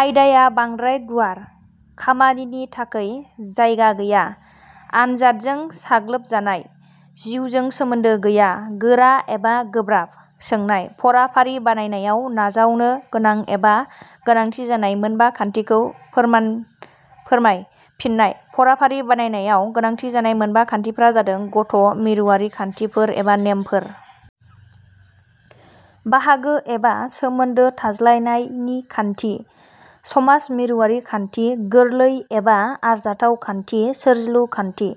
आयदाया बांद्राय गुवार। खामानिनि थाखै जायगा गैया। आनजादजों साग्लोबजानाय। जिउजों सोमोन्दो गैया। गोरा एबा गोब्राब। सोंनाय –: फराफारि बानायनायाव नाजावनो गोनां एबा गोनांथि जानाय मोनबा खान्थिखौ फोरमान फोरमाय। फिन्नाय: फराफारि बानायनायाव गोनांथि जानाय मोनबा खान्थिफोरा जादों- गथ' मिरुआरि खान्थिफोर एबा नेमफोर। बाहागो एबा सोमोन्दो थाज्लायनायनि खान्थि। समाज मिरुआरि खान्थि। गोरलै एबा आरजाथाव खान्थि। सोरजिलु खान्थि।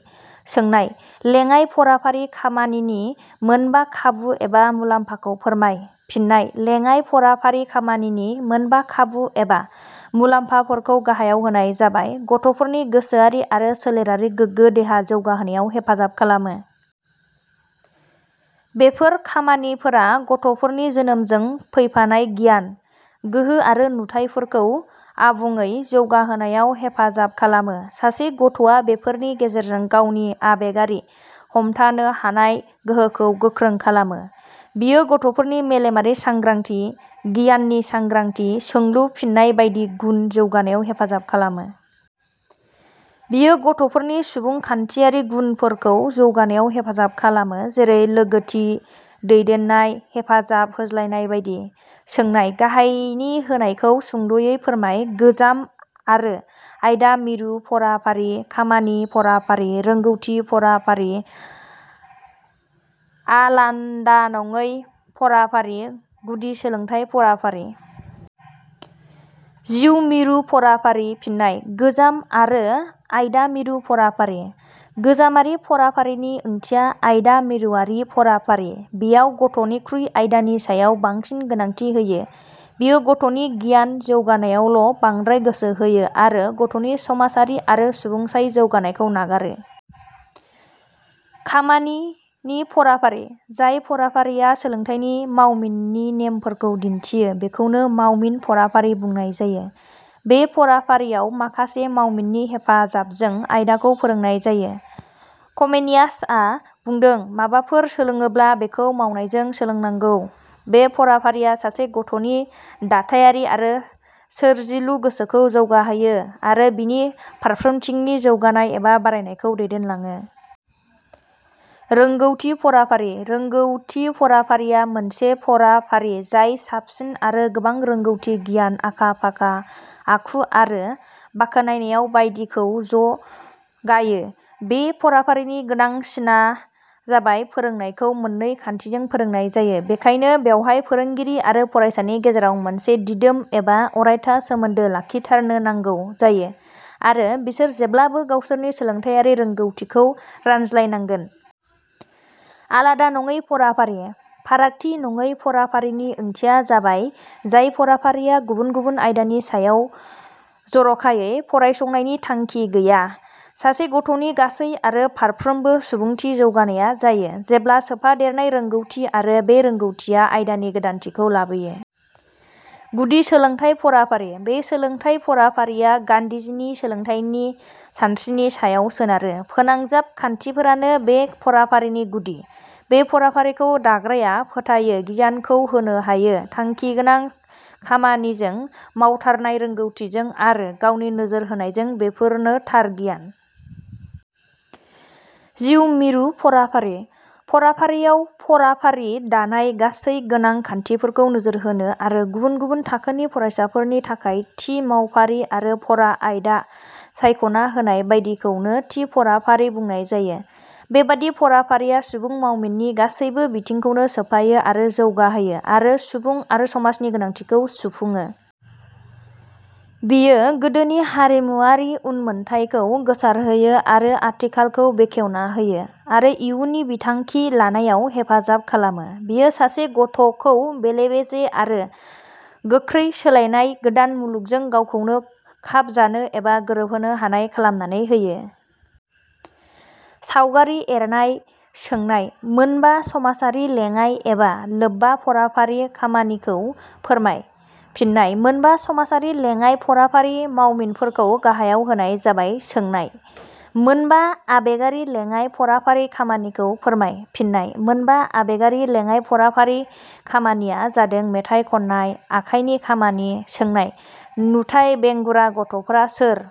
सोंनाय-. लेङाइ फराफारि खामानिनि मोनबा खाबु एबा मुलाम्फाखौ फोरमाय। फिन्नाय: लेङाइ फराफारि खामानिनि मोनबा खाबु एबा मुलाम्फाफोरखौ गाहायाव होनाय जाबाय- गथ'फोरनि गोसोयारि आरो सोलेरारि गोग्गो देहा जौगाहोनायाव हेफाजाब खालामो। बेफोर खामानिफोरा गथ'फोरनि जोनोमजों फैफानाय गियान, गोहो आरो नुथायफोरखौ आबुङै जौगाहोनायाव हेफाजाब खालामो। सासे गथ' आ बेफोरनि गेजेरजों गावनि आबेगारि हमथानोहानाय गोहोखौ गोख्रों खालामो। बियो गथ'फोरनि मेलेमारि सांग्रांथि, गियाननि सांग्रांथि, सोंलु- फिननाय बायदि गुन जौगानायाव हेफाजाब खालामो। बियो गथ'फोरनि सुबुंखान्थियारि गुनफोरखौ जौगानायाव हेफाजाब खालामो जेरै- लोगोथि, दैदेननाय, हेफाजाब होज्लायनाय बायदि। सोंनाय-. गाहायनि होनायखौ सुंद 'यै फोरमाय – गोजाम आरो आयदा मिरु फराफारि। खामानि फराफारि। रोंगौथि फराफारि। आलानदानङै फराफारि। गुदि सोलोंथाइ फराफारि। जिउ मिरु फराफारि। फिननाय: गोजाम आरो आयदा मिरु फराफारि: गोजामारि फराफारिनि ओंथिया आयदा मिरुवारि फराफारि। बेयाव गथ'निख्रुइ आयदानि सायाव बांसिन गोनांथि होयो। बेयो गथ 'नि गियान जौगानायावल' बांद्राय गोसो होयो आरो गथ'नि समाजारि आरो सुबुंसाय जौगानायखौ नागारो। खामानि नि फराफारि: जाय फराफारिया सोलोंथाइनि मावमिननि नेमफोरखौ दिन्थियो बेखौनो मावमिन फराफारि बुंनाय जायो। बे फराफारियाव, माखासे मावमिननि हेफाजाबजों आयदाखौ फोरोंनाय जायो। कमेनियास आ बुंदों- "माबाफोर सोलोडोब्ला बेखौ मावनायजों सोलोंनांगौ। " बे फराफारिया सासे गथ 'नि दाथायारि आरो सोरजिलु गोसोखौ जौगाहोयो आरो बिनि फारफ्रोमथिंनि जौगानाय एबा बारायनायखौ दैदेनलाङो। रोंगौथि फराफारि: रोंगौथि फराफारिया मोनसे फराफारि जाय साबसिन आरो गोबां रोंगौथि गियान, आखा फाखा, आखु आरो बाखनायनाय बायदिखौ ज 'गायो। बे फराफारिनि गोनां सिना जाबाय फोरोंनायखौ मोननै खान्थिजों फोरोंनाय जायो। बेखायनो बेयावहाय फोरोंगिरि आरो फरायसानि गेजेराव मोनसे दिदोम एबा अरायथा सोमोन्दो लाखिथारनो नांगौ जायो आरो बिसोर जेब्लाबो गावसोरनि सोलोंथाइयारि रोंगौथिखौ रानज्लाय नांगोन। आलादानङै फराफारि: फारागथि नङै फराफारिनि ओंथिया जाबाय – जाय फराफारिया गुबुन गुबुन आयदानि सायाव जर 'खायै फरायसंनायनि थांखि गैया। सासे गथ'नि गासै आरो फारफ्रोमबो सुबुंथि जौगानाया जायो जेब्ला सोफादेरनाय रोंगौथि आरो बे रोंगौथिया आयदानि गोदानथिखौ लाबोयो। गुदि सोलोंथाइ फराफारि: बे सोलोंथाइ फराफारिया गान्धीजिनि सोलोंथाइनि सानस्रिनि सायाव सोनारो। फोनांजाब खान्थिफोरानो बे फराफारिनि गुदि। बे फराफारिखौ दाग्राया फोथायो गियानखौ होनो हायो, थांखिगोनां खामानिजों, मावथारनाय रोंगौथिजों आरो गावनि नोजोर होनायजों, बेफोरनो थार गियान। जिउ मिरु फराफारि: फराफारियाव फराफारि दानाय गासै गोनां खान्थिफोरखौ नोजोर होनो आरो गुबुन गुबुन थाखोनि फरायसाफोरनि थाखाय थि मावफारि आरो फरा आयदा सायख'ना होनाय बायदिखौनो थि फराफारि बुंनाय जायो। बेबादि फराफारिया सुबुं मावमिनि गासैबो बिथिंखौनो सोफायो आरो जौगाहोयो आरो सुबुं आरो समाजनि गोनांथिखौ सुफुङो। बेयो गोदोनि हारिमुवारि उनमोनथाइखौ गोसारहोयो आरो आथिखालखौ बेखेवनाहोयो आरो इउननि बिथांखि लानायाव हेफाजाब खालामो। बियो सासे गथ 'खौ बेलेबेजे आरो गोखै सोलायनाय गोदान मुलुगजों गावखौनो खाब जानो एबा गोरोबनो हानाय खालामनानै होयो। सावगारि एरनाय। सोंनाय –. मोनबा समाजारि लेङाइ एबा लोबबा फराफारि खामानिखौ फोरमाय। फिन्नाय: मोनबा समाजारि लेङाइ फराफारि मावमिनफोरखौ गाहायाव होनाय जाबाय सोंनाय –. मोनबा आबेगारि लेङाइ फराफारि खामानिखौ फोरमाय। फिन्नाय: मोनबा आबेगारि लेङाइ फराफारि खामानिया जादों मेथाइ खन्नाय। आखाइनि खामानि। सोंनाय –. नुथाइ बेंगुरा गथ 'फोरा सोर?